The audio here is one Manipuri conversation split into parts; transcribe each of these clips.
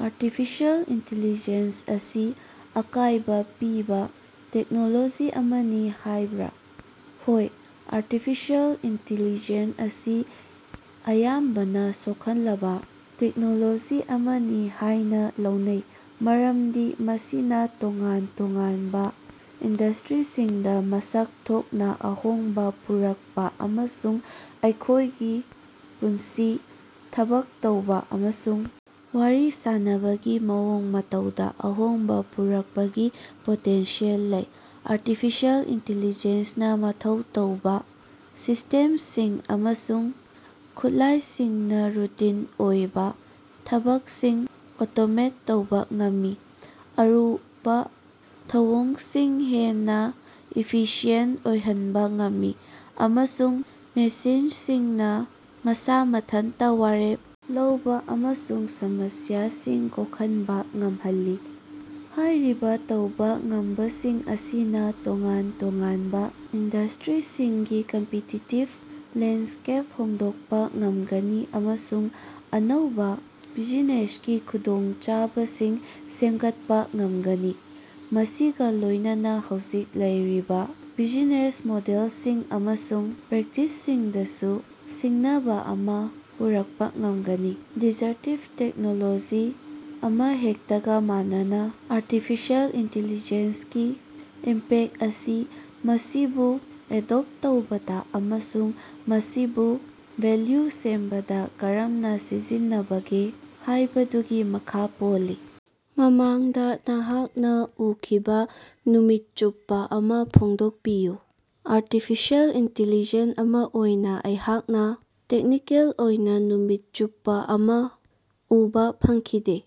ꯑꯥꯔꯇꯤꯐꯤꯁꯤꯑꯦꯜ ꯏꯟꯇꯤꯂꯤꯖꯦꯟꯁ ꯑꯁꯤ ꯑꯀꯥꯏꯕ ꯄꯤꯕ ꯇꯦꯛꯅꯣꯂꯣꯖꯤ ꯑꯃꯅꯤ ꯍꯥꯏꯕꯔꯥ? ꯍꯣꯏ, ꯑꯥꯔꯇꯤꯐꯤꯁꯤꯑꯦꯜ ꯏꯟꯇꯤꯂꯤꯖꯦꯟꯁ ꯑꯁꯤ ꯑꯌꯥꯝꯕꯅ ꯁꯣꯛꯍꯜꯂꯕ ꯇꯦꯛꯅꯣꯂꯣꯖꯤ ꯑꯃꯅꯤ ꯍꯥꯏꯅ ꯂꯧꯅꯩ ꯃꯔꯝꯗꯤ ꯃꯁꯤꯅ ꯇꯣꯉꯥꯟ ꯇꯣꯉꯥꯟꯕ ꯏꯟꯗꯁꯇꯔꯤꯁꯤꯡꯗ ꯃꯁꯛ ꯊꯣꯛꯅ ꯑꯍꯣꯡꯕ ꯄꯨꯔꯛꯄ ꯑꯃꯁꯨꯡ ꯑꯩꯈꯣꯏꯒꯤ ꯄꯨꯟꯁꯤ, ꯊꯕꯛ ꯇꯧꯕ ꯑꯃꯁꯨꯡ ꯋꯥꯔꯤ ꯁꯥꯟꯅꯕꯒꯤ ꯃꯑꯣꯡ ꯃꯇꯧꯗ ꯑꯍꯣꯡꯕ ꯄꯨꯔꯛꯄꯒꯤ ꯄꯣꯇꯦꯟꯁꯤꯌꯦꯜ ꯂꯩ꯫ ꯑꯥꯔꯇꯤꯐꯤꯁꯤꯑꯦꯜ ꯏꯟꯇꯤꯂꯤꯖꯦꯟꯁ ꯅꯥ ꯃꯊꯧ ꯇꯧꯕ ꯁꯤꯁ꯭ꯇꯦꯝꯁꯤꯡ ꯑꯃꯁꯨꯡ ꯈꯨꯠꯂꯥꯏꯁꯤꯡꯅ ꯔꯨꯇꯤꯟ ꯑꯣꯏꯕ ꯊꯕꯛꯁꯤꯡ ꯑꯣꯇꯣꯃꯦꯠ ꯇꯧꯕ ꯉꯝꯃꯤ, ꯑꯔꯨꯕ ꯊꯧꯑꯣꯡꯁꯤꯡ ꯍꯦꯟꯅ ꯏꯐꯤꯁꯤꯌꯦꯟꯇ ꯑꯣꯏꯍꯟꯕ ꯉꯝꯃꯤ ꯑꯃꯁꯨꯡ ꯃꯦꯁꯤꯟꯁꯤꯡꯅ ꯃꯁꯥ ꯃꯊꯟꯇ ꯋꯥꯔꯦꯞ ꯂꯧꯕ ꯑꯃꯁꯨꯡ ꯁꯃꯁ꯭ꯌꯥꯁꯤꯡ ꯀꯣꯛꯍꯟꯕ ꯉꯝꯍꯜꯂꯤ꯫ ꯍꯥꯏꯔꯤꯕ ꯇꯧꯕ ꯉꯝꯕꯁꯤꯡ ꯑꯁꯤꯅ ꯇꯣꯉꯥꯟ ꯇꯣꯉꯥꯟꯕ ꯏꯟꯗꯁꯇꯔꯤꯁꯤꯡꯒꯤ ꯀꯝꯄꯤꯇꯤꯇꯤꯕ ꯂꯦꯟꯗꯁ꯭ꯀꯦꯞ ꯍꯣꯡꯗꯣꯛꯄ‌ ꯉꯝꯒꯅꯤ ꯑꯃꯁꯨꯡ ꯑꯅꯧꯕ ꯕꯤꯖꯤꯅꯦꯁꯀꯤ ꯈꯨꯗꯣꯡꯆꯥꯕꯁꯤꯡ ꯁꯦꯝꯒꯠꯄ ꯉꯝꯒꯅꯤ, ꯃꯁꯤꯒ ꯂꯣꯏꯅꯅ ꯍꯧꯖꯤꯛ ꯂꯩꯔꯤꯕ ꯕꯤꯖꯤꯅꯦꯁ ꯃꯣꯗꯦꯜꯁꯤꯡ ꯑꯃꯁꯨꯡ ꯄ꯭ꯔꯦꯛꯇꯤꯁꯁꯤꯡꯗꯁꯨ ꯁꯤꯡꯅꯕ ꯑꯃ ꯄꯨꯔꯛꯄ ꯉꯝꯒꯅꯤ꯫ ꯗꯤꯁꯔꯞꯇꯤꯕ ꯇꯦꯛꯅꯣꯂꯣꯖꯤ ꯑꯃꯍꯦꯛꯇꯒ ꯃꯥꯟꯅꯅ, ꯑꯥꯔꯇꯤꯐꯤꯁꯤꯑꯦꯜ ꯏꯟꯇꯤꯂꯤꯖꯦꯟꯁ ꯀꯤ ꯏꯝꯄꯦꯛꯇ ꯑꯁꯤ ꯃꯁꯤꯕꯨ ꯑꯦꯗꯣꯞꯇ ꯇꯧꯕꯗ ꯑꯃꯁꯨꯡ ꯃꯁꯤꯕꯨ ꯚꯦꯂ꯭ꯌꯨ ꯁꯦꯝꯕꯗ ꯀꯔꯝꯅ ꯁꯤꯖꯤꯟꯅꯕꯒꯦ ꯍꯥꯏꯕꯗꯨꯒꯤ ꯃꯈꯥ ꯄꯣꯜꯂꯤ꯫। ꯃꯃꯥꯡꯗ ꯅꯍꯥꯛꯅ ꯎꯈꯤꯕ‌ ꯅꯨꯃꯤꯠ ꯆꯨꯞꯄ ꯑꯃ ꯐꯣꯡꯗꯣꯛꯄꯤꯌꯨ꯫ ꯑꯥꯔꯇꯤꯐꯤꯁꯤꯑꯦꯜ ꯏꯟꯇꯤꯂꯤꯖꯦꯟꯁ ꯑꯃ‌ ꯑꯣꯏꯅ ꯑꯩꯍꯥꯛꯅ ꯇꯦꯛꯅꯤꯀꯦꯜ ꯑꯣꯏꯅ ꯅꯨꯃꯤꯠ ꯆꯨꯞꯄ ꯑꯃ ꯎꯕꯥ ꯐꯪꯈꯤꯗꯦ,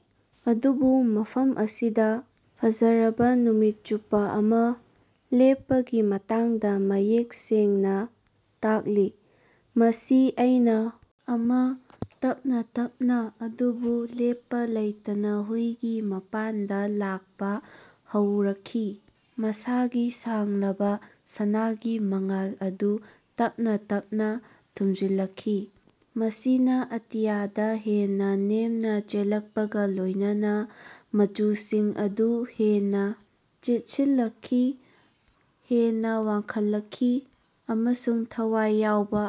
ꯑꯗꯨꯕꯨ ꯃꯐꯝ ꯑꯁꯤꯗ ꯐꯖꯔꯕ ꯅꯨꯃꯤꯠ ꯆꯨꯞꯄ ꯑꯃ ꯂꯦꯞꯄꯒꯤ ꯃꯇꯥꯡꯗ ꯃꯌꯦꯛ ꯁꯦꯡꯅ ꯇꯥꯛꯂꯤ꯫ ꯃꯁꯤ ꯑꯩꯅ ꯑꯃ, ꯇꯞꯅꯥ ꯇꯞꯅꯥ ꯑꯗꯨꯕꯨ ꯂꯦꯞꯄ ꯂꯩꯇꯅ ꯍꯨꯏꯒꯤ ꯃꯄꯥꯟꯗ ꯂꯥꯛꯄ ꯍꯧꯔꯛꯈꯤ, ꯃꯁꯥꯒꯤ ꯁꯥꯡꯂꯕ ꯁꯅꯥꯒꯤ ꯃꯉꯥꯜ ꯑꯗꯨ ꯇꯞꯅꯥ ꯇꯞꯅꯥ ꯊꯨꯝꯖꯤꯜꯂꯛꯈꯤ꯫ ꯃꯁꯤꯅ ꯑꯇꯤꯌꯥꯗ ꯍꯦꯟꯅ ꯅꯦꯝꯅ ꯆꯦꯜꯂꯛꯄꯒ ꯂꯣꯏꯅꯅ ꯃꯆꯨꯁꯤꯡ ꯑꯗꯨ ꯍꯦꯟꯅ ꯆꯦꯠꯁꯤꯜꯂꯛꯈꯤ, ꯍꯦꯟꯅ ꯋꯥꯡꯈꯠꯂꯛꯈꯤ ꯑꯃꯁꯨꯡ ꯊꯋꯥꯏ ꯌꯥꯎꯕ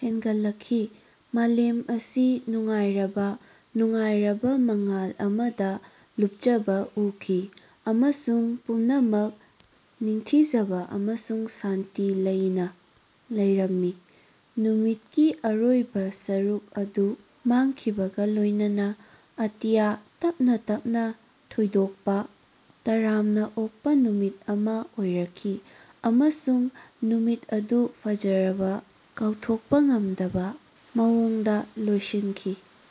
ꯍꯦꯟꯒꯠꯂꯛꯈꯤ꯫ ꯃꯥꯂꯦꯝ ꯑꯁꯤ ꯅꯨꯡꯉꯥꯏꯔꯕꯥ, ꯅꯨꯡꯉꯥꯏꯔꯕꯥ ꯃꯉꯥꯜ ꯑꯃꯗ ꯂꯨꯞꯆꯕ ꯎꯈꯤ, ꯑꯃꯁꯨꯡ ꯄꯨꯝꯅꯃꯛ ꯅꯤꯡꯊꯤꯖꯅ ꯑꯃꯁꯨꯡ ꯁꯥꯟꯇꯤ ꯂꯩꯅ ꯂꯩꯔꯝꯃꯤ꯫ ꯅꯨꯃꯤꯠꯀꯤ ꯑꯔꯣꯏꯕ ꯁꯔꯨꯛ ꯑꯗꯨ ꯃꯥꯡꯈꯤꯕꯒ ꯂꯣꯏꯅꯅ ꯑꯇꯤꯌꯥ ꯇꯞꯅꯥ ꯇꯞꯅꯥ ꯊꯣꯏꯗꯣꯛꯄ, ꯇꯔꯥꯝꯅ ꯑꯣꯛꯄ ꯅꯨꯃꯤꯠ ꯑꯃ ꯑꯣꯏꯔꯛꯈꯤ ꯑꯃꯁꯨꯡ ꯅꯨꯃꯤꯠ ꯑꯗꯨ ꯐꯖꯔꯕ, ꯀꯥꯎꯊꯣꯛꯄ ꯉꯝꯗꯕ ꯃꯑꯣꯡꯗ ꯂꯣꯏꯁꯤꯟꯈꯤ꯫